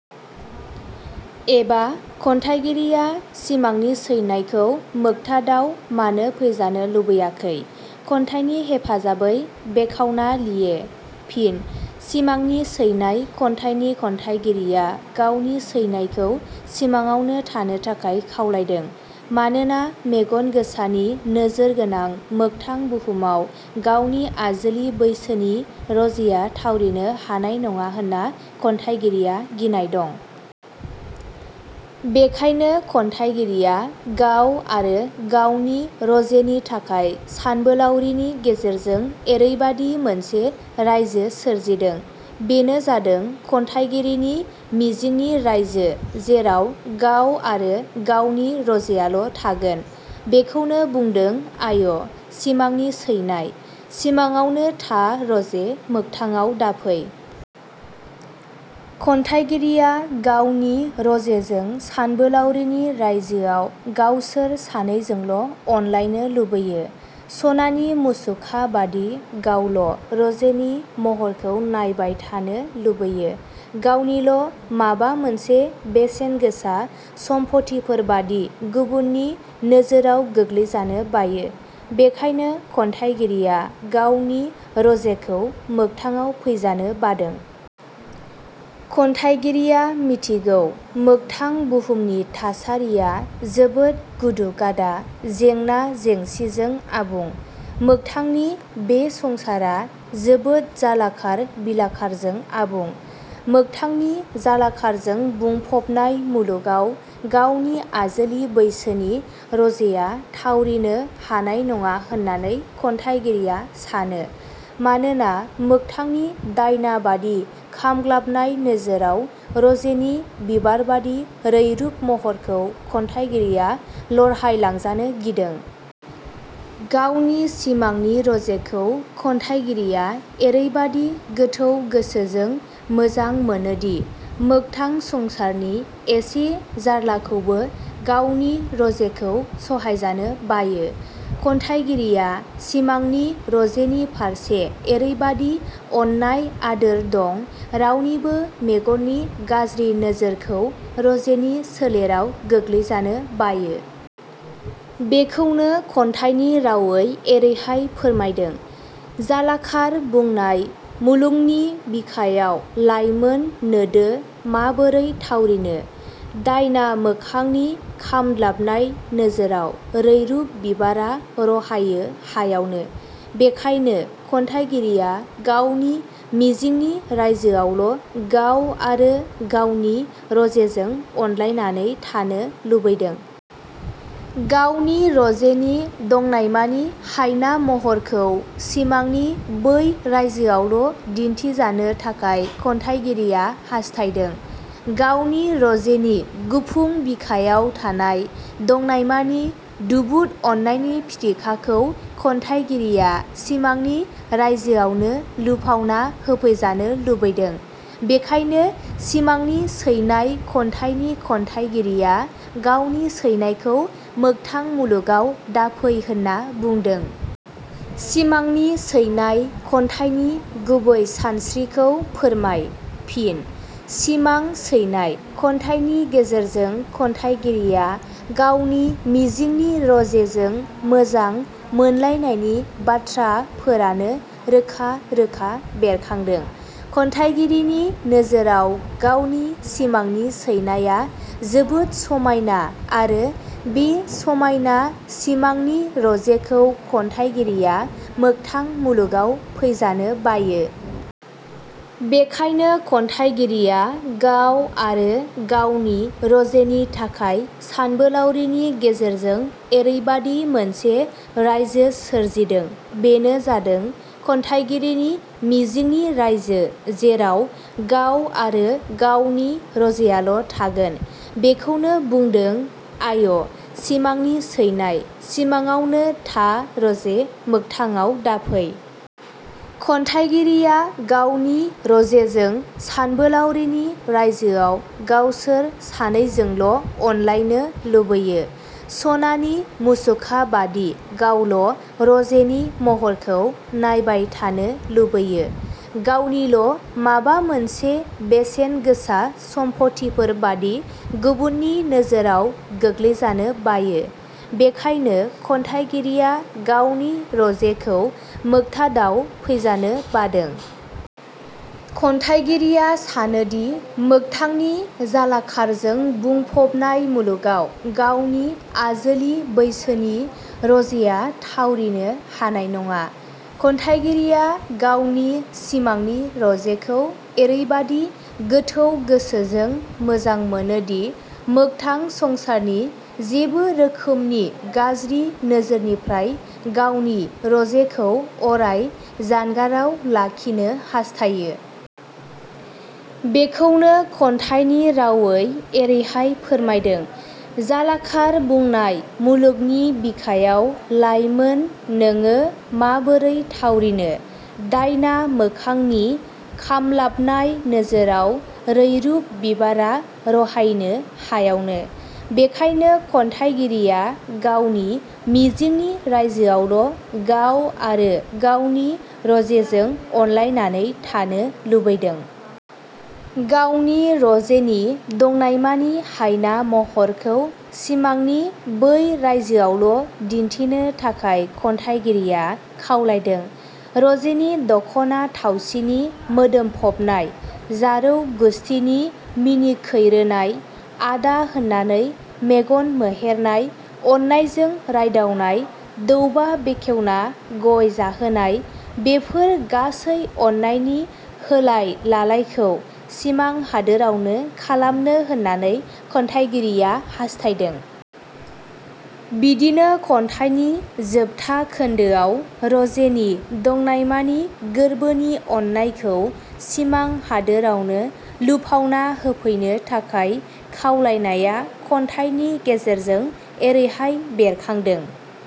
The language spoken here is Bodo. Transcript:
"एबा" खन्थाइगिरिया सिमांनि सैनायखौ मोगथाडाव मानो फैजानो लुबैयाखै? खन्थाइनि हेफाजाबै बेखावना लिए। फिनः 'सिमांनि सैनाय' खन्थाइनि खन्थाइगिरिया गावनि सैनायखौ सिमाङावनो थानो थाखाय खावलायदों। मानोना मेगन गोसानि नोजोर गोनां मोगथां बुहुमाव गावनि आजोलि बैसोनि रजेया थावरिनो हानाय नङा होनना खन्थाइगिरिया गिनाय दं। बेखायनो खन्थाइगिरिया गाव आरो गावनि रजेनि थाखाय सानबोलावरिनि गेजेरजों एरैबादि मोनसे रायजो सोरजिदों, बेनो जादों खन्थाइगिरिनि मिजिंनि रायजो जेराव गाव आरो गावनि रजेयाल' थागोन। बेखौनो बुंदों- आय! सिमांनि सैनाय, – सिमाङावनो था रजे मोगथाङाव दाफै। खन्थाइगिरिया गावनि रजेजों सानबोलावरिनि रायजोआव गावसोर सानैजोंल' अनलायनो लुबैयो, सनानि मुसुखा बादि गावल' रजेनि महरखौ नायबाय थानो लुबैयो, गावनिल' माबा मोनसे बेसेन गोसा सम्फथिफोरबादि गुबुननि नोजोराव गोग्लैजानो बायो। बेखायनो खन्थाइगिरिया गावनि रजेखौ मोगथाडाव फैजानो बादों। खन्थाइगिरिया मिथिगौ मोगथां बुहुमनि थासारिया जोबोद गुदु-गादा, जेंना-जेंसिजों आबुं। मोगथांनि बे संसारा जोबोद जालाखार बिलाखारजों आबुं। मोगथांनि जालाखारजों बुंफबनाय मुलुगाव गावनि आजोलि बैसोनि रजेया थावरिनो हानाय नङा होननानै खन्थाइगिरिया सानो। मानोना मोगथांनि दायना बादि खामग्लाबनाय नोजोराव रजेनि बिबारबादि रैरुब महरखौ खन्थाइगिरिया लरहायलांजानो गिदों। गावनि सिमांनि रजेखौ खन्थाइगिरिया एरैबादि गोथौ गोसोजों मोजां मोनोदि मोगथां संसारनि इसे जारलाखौबो गावनि रजेखौ सहायजानो बायो। खन्थाइगिरिया सिमांनि रजेनि फारसे एरैबादि अननाय आदोर दं रावनिबो मेगननि गाज्रि नोजोरखौ रजेनि सोलेराव गोग्लैजानो बायो। बेखौनो खन्थाइनि रावै एरैहाय फोरमायदों- जालाखार बुंनाय मुलुंगनि बिखायाव लाइमोन नोडो माबोरै थावरिनो? दायना मोखांनि खामद्लाबनाय नोजोराव रैरुब बिबारा रहायो हायावनो। बेखायनो, खन्थाइगिरिया गावनि मिजिंनि रायजोआवल' गाव आरो गावनि रजेजों अनलायनानै थानो लुबैदों। गावनि रजेनि दंनायमानि हायना महरखौ सिमांनि बै रायजोआवल' दिन्थिजानो थाखाय खन्थाइगिरिया हास्थायदों। गावनि रजेनि गुफुं बिखायाव थानाय दंनायमानि दुबुद अननायनि फिथिखाखौ खन्थाइगिरिया सिमांनि रायजोआवनो लुफावना होफैजानो लुबैदों। बेखायनो सिमांनि सैनाय खन्याइनि खन्थाइगिरिया गावनि सैनायखौ मोगथां मुलुगाव दाफै होनना बुंदों।. सिमांनि सैनाय' खन्थाइनि गुबै सानस्रिखौ फोरमाय? फिनः 'सिमां सैनाय' खन्थाइनि गेजेरजों खन्थाइगिरिया गावनि मिजिंनि रजेजों मोजां मोनलायनायनि बाथ्राफोरानो रोखा रोखा बेरखांदों। खन्थाइगिरिनि नोजोराव गावनि सिमांनि सैनाया जोबोद समायना आरो बे समायना सिमांनि रजेखौ खन्थाइगिरिया मोगथां मुलुगाव फैजानो बायो। बेखायनो खन्थाइगिरिया गाव आरो गावनि रजेनि थाखाय सानबोलावरिनि गेजेरजों एरैबादि मोनसे रायजो सोरजिदों, बेनो जादों खन्थाइगिरिनि मिजिंनि रायजो जेराव गाव आरो गावनि रजेयाल' थागोन। बेखौनो बुंदों- आय! सिमांनि सैनाय, – सिमाङावनो था रजे मोगथाङाव दाफै। खन्थाइगिरिया गावनि रजेजों सानबोलावरिनि रायजोआव गावसोर 'सानैजोंल' अनलायनो लुबैयो, सनानि मुसुखा बादि गावल' रजेनि महरखौ नायबाय थानो लुबैयो, गावनिल' माबा मोनसे बेसेन गोसा सम्फथिफोरबादि गुबुननि नोजोराव गोग्लैजानो बायो। बेखायनो खन्थाइगिरिया गावनि रजेखौ मोगथाडाव फैजानो बादों। खन्थाइगिरिया सानोदि मोगथांनि जालाखारजों बुंफबनाय मुलुगाव गावनि आजोलि बैसोनि रजेया थावरिनो हानाय नङा। खन्थाइगिरिया गावनि सिमांनि रजेखौ एरैबादि गोथौ गोसोजों मोजां मोनोदि मोगथां संसारनि जेबो रोखोमनि गाज्रि नोजोरनिफ्राय गावनि रजेखौ अराय जानगाराव लाखिनो हास्थायो। बेखौनो खन्थाइनि रावै एरैहाय फोरमायदों- जालाखार बुंनाय मुलुगनि बिखायाव लाइमोन 'नोङो माबोरै थावरिनो? दायना मोखांनि खामलाबनाय नोजोराव रैरुब बिबारा रहायनो हायावनो। बेखायनो खन्थाइगिरिया गावनि मिजिंनि रायजोआवल' गाव आरो गावनि रजेजों अनलायनानै थानो लुबैदों। गावनि रजेनि दंनायमानि हायना महरखौ सिमांनि बै रायजोआवल' दिन्थिनो थाखाय खन्थाइगिरिया – खावलायदों। रजेनि दखना थावसिनि मोदोमफबनाय, जारौ गुस्थिनि मिनिखैरोनाय, आदा होननानै मेगन मोहेरना अननायजों रायदावनाय, दौबा बेखेवना गय जाहोनाय बेफोर गासै अननायनि होलाय लालायखौ सिमां हादोरावनो खालामनो होननानै खन्थाइगिरिया हास्थायदों। बिदिनो खन्थाइनि जोबथा खोन्दोआव रजेनि दंनायमानि गोरबोनि अननायखौ सिमां हादोरावनो लुफावना होफैनो थाखाय खावलायनाया खन्थाइनि गेजेरजों एरैहाय बेरखांदों-।